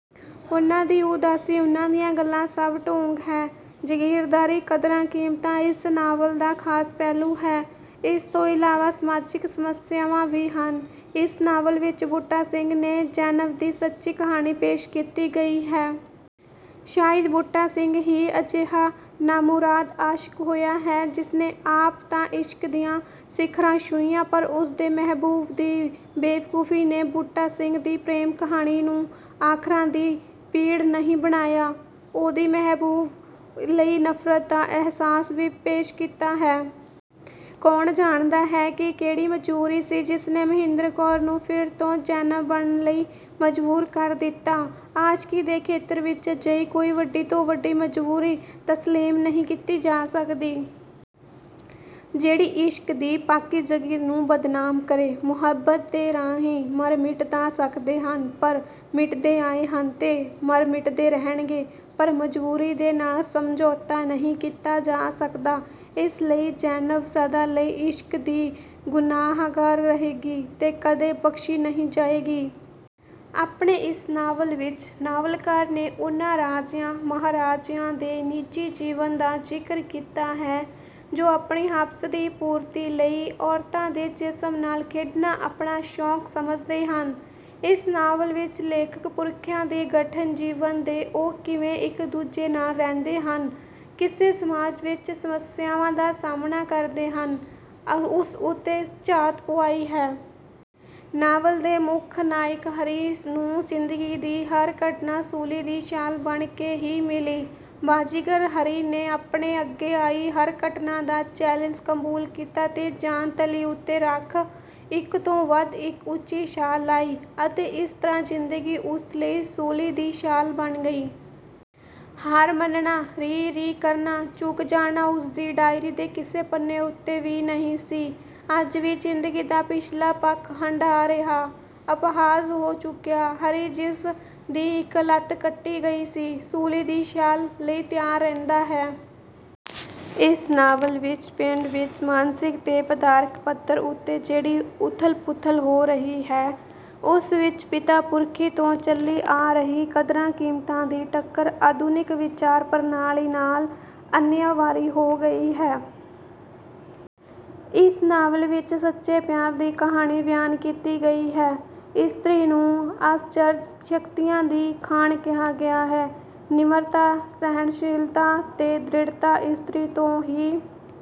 ਉਨ੍ਹਾਂ ਦੀ ਉਦਾਸੀ, ਉਨ੍ਹਾਂ ਦੀਆਂ ਗੱਲਾਂ ਸਭ ਢੌਂਗ ਹੈ। ਜਾਗੀਰਦਾਰੀ ਕਦਰਾਂ ਕੀਮਤਾਂ ਇਸ ਨਾਵਲ ਦਾ ਖ਼ਾਸ ਪਹਿਲੂ ਹੈ। ਇਸ ਤੋਂ ਇਲਾਵਾ ਸਮਾਜਿਕ ਸਮੱਸਿਆਵਾਂ ਵੀ ਹਨ। ਇਸ ਨਾਵਲ ਵਿੱਚ ਬੂਟਾ ਸਿੰਘ ਤੇ ਜ਼ੈਨਬ ਦੀ ਸੱਚੀ ਕਹਾਣੀ ਪੇਸ਼ ਕੀਤੀ ਗਈ ਹੈ। ਸ਼ਾਇਦ ਬੂਟਾ ਸਿੰਘ ਹੀ ਅਜਿਹਾ ਨਾਮੁਰਾਦ ਆਸ਼ਕ ਹੋਇਆ ਹੈ, ਜਿਸਨੇ ਆਪ ਤਾਂ ਇਸ਼ਕ ਦੀਆਂ ਸਿਖ਼ਰਾਂ ਛੂਹੀਆਂ ਪਰ ਉਸਦੇ ਮਹਿਬੂਬ ਦੀ ਬੇਵਕੁਫੀ ਨੇ ਬੂਟਾ ਸਿੰਘ ਦੀ ਪ੍ਰੇਮ ਕਹਾਣੀ ਨੂੰ ਆਖਰਾਂ ਦੀ ਪੀੜ ਨਹੀਂ ਬਣਾਇਆ, ਉਸਦੀ ਮਹਿਬੂਬ ਲਈ ਨਫ਼ਰਤ ਦਾ ਅਹਿਸਾਸ ਵੀ ਪੇਸ਼ ਕੀਤਾ ਹੈ। ਕੌਣ ਜਾਣਦਾ ਹੈ ਕਿ ਕਿਹੜੀ ਮਜ਼ਬੂਰੀ ਸੀ ਜਿਸਨੇ ਮਹਿੰਦਰ ਕੌਰ ਨੂੰ ਫਿਰ ਤੋਂ ਜ਼ੈਨਬ ਬਣਨ ਲਈ ਮਜ਼ਬੂਰ ਕਰ ਦਿੱਤਾ। ਆਸ਼ਕੀ ਦੇ ਖੇਤਰ ਵਿੱਚ ਅਜਿਹੀ ਕੋਈ ਵੱਡੀ ਤੋਂ ਵੱਡੀ ਮਜ਼ਬੂਰੀ ਤਸਲੀਮ ਨਹੀਂ ਕੀਤੀ ਜਾ ਸਕਦੀ। ਜਿਹੜੀ ਇਸ਼ਕ ਦੀ ਪਾਕੀਜ਼ਗੀ ਨੂੰ ਬਦਨਾਮ ਕਰੇ। ਮੁਹੱਬਤ ਦੇ ਰਾਹੀ ਮਰ ਮਿਟ ਤਾਂ ਸਕਦੇ ਹਨ, ਪਰ ਮਿਟਦੇ ਆਏ ਹਨ ਤੇ ਮਰ ਮਿਟਦੇ ਰਹਿਣਗੇ, ਪਰ ਮਜ਼ਬੂਰੀ ਨਾਲ ਸਮਝੌਤਾ ਨਹੀਂ ਕੀਤਾ ਜਾ ਸਕਦਾ। ਇਸ ਲਈ ਜ਼ੈਨਬ ਸਦਾ ਲਈ ਇਸ਼ਕ ਦੀ ਗੁਨਾਹਗਾਰ ਰਹੇਗੀ ਤੇ ਕਦੇ ਬਖ਼ਸ਼ੀ ਨਹੀਂ ਜਾਏਗੀ। ਆਪਣੇ ਇਸ ਨਾਵਲ ਵਿੱਚ ਨਾਵਲਕਾਰ ਨੇ ਉਨ੍ਹਾਂ ਰਾਜਿਆਂ ਮਹਾਰਾਜਿਆਂ ਦੇ ਨਿੱਜੀ ਜੀਵਨ ਦਾ ਜ਼ਿਕਰ ਕੀਤਾ ਹੈ, ਜੋ ਆਪਣੀ ਹਵਸ ਦੀ ਪੂਰਤੀ ਲਈ ਔਰਤਾਂ ਦੇ ਜਿਸਮ ਨਾਲ ਖੇਡਣਾ ਆਪਣਾ ਸ਼ੌਕ ਸਮਝਦੇ ਹਨ। ਇਸ ਨਾਵਲ ਵਿੱਚ ਲੇਖਕ ਪੁਰਖਿਆਂ ਦੇ ਕਠਿਨ ਜੀਵਨ ਤੇ ਉਹ ਕਿਵੇਂ ਇੱਕ ਦੂਜੇ ਨਾਲ ਰਹਿੰਦੇ ਹਨ, ਕਿਵੇਂ ਸਮਾਜ ਵਿੱਚ ਸਮੱਸਿਆਵਾਂ ਦਾ ਸਾਹਮਣਾ ਕਰਦੇ ਹਨ ਉਸ ਉੱਤੇ ਝਾਤ ਪੁਆਈ ਹੈ। ਨਾਵਲ ਦੇ ਮੁੱਖ ਨਾਇਕ ਹਰੀ ਨੂੰ ਜ਼ਿੰਦਗੀ ਦੀ ਹਰ ਘਟਨਾ ਸੂਲੀ ਦੀ ਛਾਲ ਬਣ ਕੇ ਹੀ ਮਿਲੀ। ਬਾਜੀਗਰ ਹਰੀ ਨੇ ਆਪਣੇ ਅੱਗੇ ਆਈ ਹਰ ਘਟਨਾ ਦਾ ਚੈਲੇਂਜ ਕਬੂਲ ਕੀਤਾ ਤੇ ਜਾਨ ਤਲੀ ਉੱਤੇ ਰੱਖ ਇੱਕ ਤੋਂ ਵੱਧ ਇੱਕ ਉੱਚੀ ਛਾਲ ਲਾਈ ਅਤੇ ਇਸ ਤਰ੍ਹਾਂ ਜ਼ਿੰਦਗੀ ਉਸ ਲਈ ਸੂਲੀ ਦੀ ਛਾਲ ਬਣ ਗਈ। ਹਾਰ ਮੰਨਣਾ, ਰੀ ਰੀ ਕਰਨਾ, ਝੁਕ ਜਾਣਾ ਉਸ ਦੀ ਡਾਇਰੀ ਦੇ ਕਿਸੇ ਪੰਨੇ ਉੱਤੇ ਵੀ ਨਹੀਂ ਸੀ। ਅੱਜ ਵੀ ਜ਼ਿੰਦਗੀ ਦਾ ਪਿਛਲਾ ਪੱਖ ਹੱਡਾ ਰਿਹਾ, ਅਪਾਹਜ ਹੋ ਚੁੱਕਿਆ ਹਰੀ ਜਿਸ ਦੀ ਇੱਕ ਲੱਤ ਕੱਟੀ ਗਈ ਹੈ ਸੂਲੀ ਦੀ ਛਾਲ ਲਈ ਤਿਆਰ ਰਹਿੰਦਾ ਹੈ। ਇਸ ਨਾਵਲ ਵਿੱਚ ਪਿੰਡ ਵਿੱਚ ਮਾਨਸਿਕ ਤੇ ਪਦਾਰਥਕ ਪੱਧਰ ਉੱਤੇ ਜਿਹੜੀ ਉੱਥਲ ਪੁੱਥਲ ਹੋ ਰਹੀ ਹੈ ਉਸ ਵਿੱਚ ਪਿਤਾ ਪੁਰਖੀ ਤੋਂ ਚੱਲੀ ਆ ਰਹੀ ਕਦਰਾਂ ਕੀਮਤਾਂ ਦੀ ਟੱਕਰ ਆਧੁਨਿਕ ਵਿਚਾਰ ਪ੍ਰਣਾਲੀ ਨਾਲ ਅਨਿਵਾਰੀ ਹੋ ਗਈ ਹੈ। ਇਸ ਨਾਵਲ ਵਿੱਚ ਸੱਚੇ ਪਿਆਰ ਦੀ ਕਹਾਣੀ ਬਿਆਨ ਕੀਤੀ ਗਈ ਹੈ। ਇਸਤਰੀ ਨੂੰ ਅਸਚਰਜ ਸ਼ਕਤੀਆਂ ਦੀ ਖਾਣ ਕਿਹਾ ਗਿਆ ਹੈ। ਨਿਮਰਤਾ, ਸਹਿਣਸ਼ੀਲਤਾ ਤੇ ਦ੍ਰਿੜਤਾ ਇਸਤਰੀ ਤੋਂ ਹੀ...